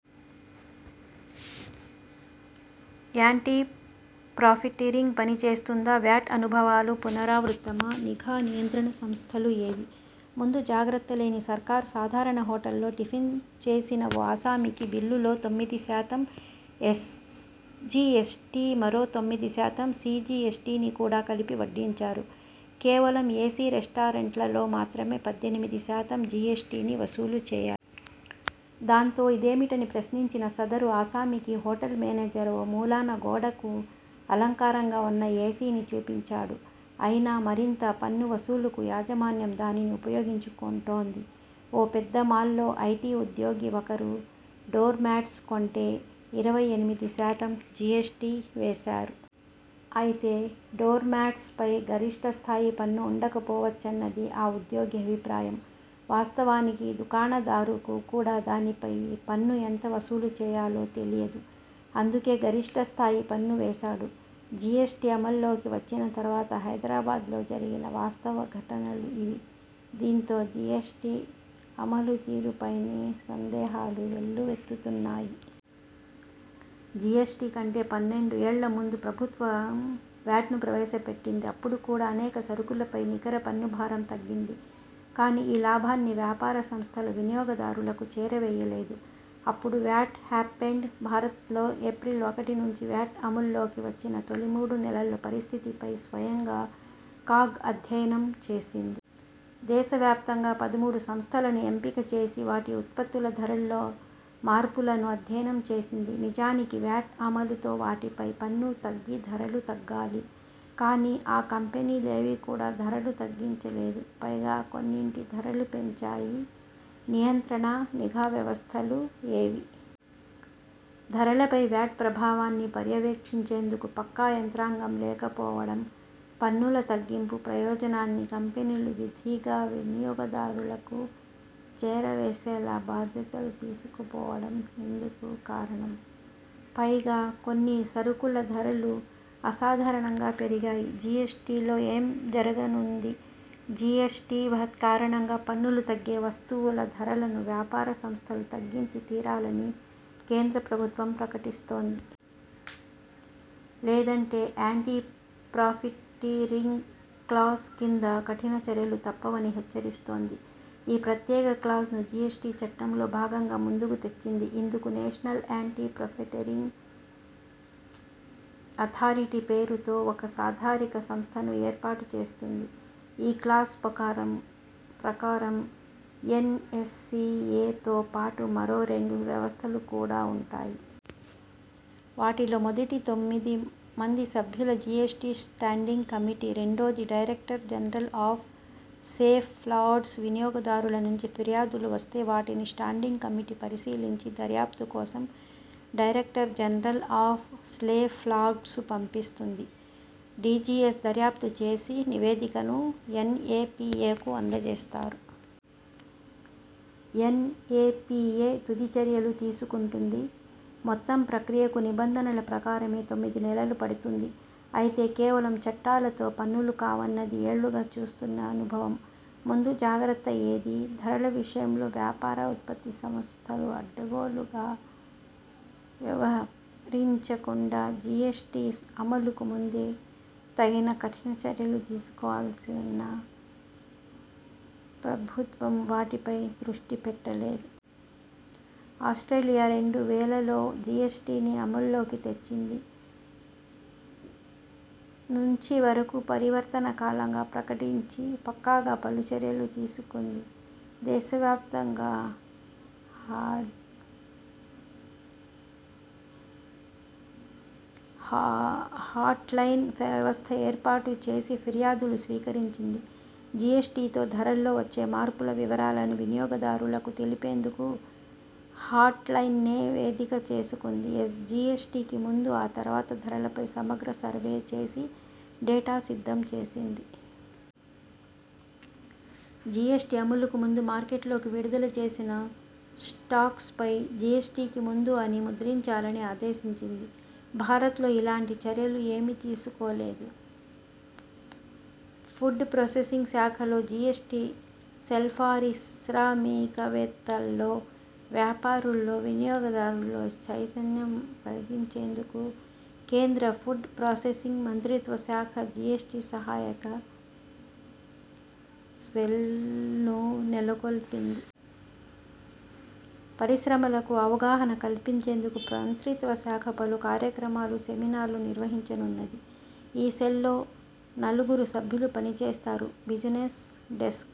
Anti profiteering పని చేస్తుందా? VAT అనుభవాలు పునరావృతమా! నిఘా, నియంత్రణ సంస్థలు ఏవీ!? ముందు జాగ్రత్త లేని సర్కార్ సాధారణ హోటల్లో టిఫిన్ చేసిన ఓ ఆసామికి బిల్లులో తొమ్మిది శాతం ఎస్జీఎస్టీ మరో తొమ్మిది శాతం సీజీఎస్టీని కూడా కలిపి వడ్డించారు. కేవలం ఏసీ రెస్టారెంట్లలో మాత్రమే పద్దెనిమిది శాతం జీఎస్టీని వసూలు చేయాలి. దాంతో, ఇదేమిటని ప్రశ్నించిన సదరు ఆసామికి హోటల్ మేనేజర్ ఓ మూలన గోడకు అలంకారంగా ఉన్న ఏసీని చూపించాడు. అయినా, మరింత పన్ను వసూలుకు యాజమాన్యం దానిని ఉపయోగించుకుంటోంది. ఓ పెద్ద మాల్లో ఐటీ ఉద్యోగి ఒకరు డోర్మ్యాట్స్ కొంటే ఇరవై ఎనిమిది శాతం జీఎస్టీ వేశారు. అయితే, డోర్మ్యాట్స్పై గరిష్ఠ స్థాయి పన్ను ఉండకపోవచ్చన్నది ఆ ఉద్యోగి అభిప్రాయం. వాస్తవానికి, దుకాణదారుకు కూడా దానిపై పన్ను ఎంత వసూలు చేయాలో తెలియదు. అందుకే గరిష్ఠ స్థాయి పన్ను వేశాడు. జీఎస్టీ అమల్లోకి వచ్చిన తర్వాత హైదరాబాద్లో జరిగిన వాస్తవ ఘటనలు ఇవి. దీంతో జీఎస్టీ అమలు తీరుపైనే సందేహాలు వెల్లువెత్తుతున్నాయి. జీఎస్టీ కంటే పన్నెండుఏళ్ల ముందు ప్రభుత్వం వ్యాట్ను ప్రవేశపెట్టింది. అప్పుడు కూడా అనేక సరుకులపై నికర పన్ను భారం తగ్గింది. కానీ, ఈ లాభాన్ని వ్యాపార సంస్థలు వినియోగదారులకు చేరవేయలేదు. అప్పుడు 'వ్యాట్' హ్యాపెండ్? భారత్లో ఏప్రిల్ ఒకటి నుంచి వ్యాట్ అమల్లోకివచ్చిన తొలి మూడు నెలల్లో పరిస్థితిపై స్వయంగా కాగ్ అధ్యయనం చేసింది. దేశవ్యాప్తంగా పదమూడు సంస్థలను ఎంపిక చేసి, వాటి ఉత్పత్తుల ధరల్లో మార్పులను అధ్యయనం చేసింది. నిజానికి, వ్యాట్ అమలుతో వాటిపై పన్ను తగ్గి ధరలు తగ్గాలి. కానీ, ఆ కంపెనీ లేవీ కూడా ధరలు తగ్గించలేదు. పైగా కొన్నింటి ధరలు పెంచాయి. నియంత్రణ, నిఘా వ్యవస్థలు ఏవీ!? ధరలపై వ్యాట్ ప్రభావాన్ని పర్యవేక్షించేందుకు పక్కా యంత్రాంగం లేకపోవడం, పన్నుల తగ్గింపు ప్రయోజనాన్ని కంపెనీలు విధిగా వినియోగదారులకు చేరవేసేలా చర్యలు తీసుకోకపోవడం ఇందుకు కారణం. పైగా కొన్ని సరుకుల ధరలు అసాధారణంగా పెరిగాయి. జీఎస్టీలో ఏం జరగనుంది!? జీఎస్టీ కారణంగా పన్నులు తగ్గే వస్తువుల ధరలను వ్యాపార సంస్థలు తగ్గించి తీరాలని కేంద్ర ప్రభుత్వం ప్రకటిస్తోంది. లేదంటే, 'యాంటీ ప్రాఫిటీరింగ్' క్లాజ్ కింద కఠిన చర్యలు తప్పవని హెచ్చరిస్తోంది. ఈ ప్రత్యేక క్లాజ్ను జీఎస్టీ చట్టంలో భాగంగా ముందుకు తెచ్చింది. ఇందుకు 'నేషనల్ యాంటీ ప్రాఫిటీరింగ్ అథారిటీ' పేరుతో ఒక సాధికార సంస్థను ఏర్పాటు చేస్తుంది. ఈ క్లాజ్ ప్రకారం, ఎన్ఏపీఏతోపాటు మరో రెండు వ్యవస్థలు కూడా ఉంటాయి. వాటిలో మొదటిది తొమ్మిది మంది సభ్యుల జీఎస్టీ స్టాండింగ్ కమిటీ. రెండోది, డైరెక్టర్ జనరల్ ఆఫ్ సేఫ్గార్డ్స్. వినియోగదారుల నుంచి ఫిర్యాదులు వస్తే, వాటిని స్టాండింగ్ కమిటీ పరిశీలించి దర్యాప్తు కోసం డైరెక్టర్ జనరల్ ఆఫ్ సేఫ్గార్డ్స్కు పంపిస్తుంది. డీజీఎస్ దర్యాప్తు చేసి నివేదికను ఎన్ఏపీఏకు అందజేస్తారు. ఎన్ఏపీఏ తుది చర్యలు తీసుకుంటుంది. మొత్తం ప్రక్రియకు నిబంధనల ప్రకారమే తొమ్మిది నెలలు పడుతుంది. అయితే, కేవలం చట్టాలతో పనులు కావన్నది ఏళ్లుగా చూస్తున్న అనుభవం. ముందు జాగ్రత్త ఏదీ? ధరల విషయంలో వ్యాపార, ఉత్పత్తి సంస్థలు అడ్డగోలుగా వ్యవహరించకుండా జీఎస్టీ అమలుకు ముందే తగిన చర్యలు తీసుకోవాల్సి ఉన్నా, ప్రభుత్వం వాటిపై దృష్టి పెట్టలేదు. ఆస్ట్రేలియా రెండు వేలలో జీఎస్టీని అమల్లోకి తెచ్చింది. నుంచి వరకూ పరివర్తన కాలంగా ప్రకటించి పక్కాగా పలు చర్యలు తీసుకుంది. దేశవ్యాప్తంగా హాట్లైన్ వ్యవస్థ ఏర్పాటు చేసి ఫిర్యాదులు స్వీకరించింది. జీఎస్టీతో ధరల్లో వచ్చే మార్పుల వివరాలను వినియోగదారులకు తెలిపేందుకు హాట్లైన్నే వేదిక చేసుకుంది. జీఎస్టీకి ముందు, ఆ తర్వాత ధరలపై సమగ్ర సర్వే చేసి డేటా సిద్ధం చేసింది. జీఎస్టీ అమలుకు ముందు మార్కెట్లోకి విడుదల చేసిన స్టాక్పై 'జీఎస్టీకి ముందు' అని ముద్రించాలని ఆదేశించింది. భారత్లో ఇలాంటి చర్యలు ఏమీ తీసుకోలేదు. ఫుడ్ ప్రాసెసింగ్ శాఖలో జీఎస్టీ సెల్పారిశ్రామికవేత్తల్లో, వ్యాపారుల్లో, వినియోగదారుల్లో చైతన్యం కలిగించేందుకు కేంద్ర ఫుడ్ ప్రాసెసింగ్ మంత్రిత్వశాఖ జీఎస్టీ సహాయక సెల్ను నెలకొల్పింది. పరిశ్రమలకు అవగాహన కల్పించేందుకు మంత్రిత్వశాఖ పలు కార్యక్రమాలు, సెమినార్లు నిర్వహించనున్నది. ఈ సెల్లో నలుగురు సభ్యులు పని చేస్తారు. Business desk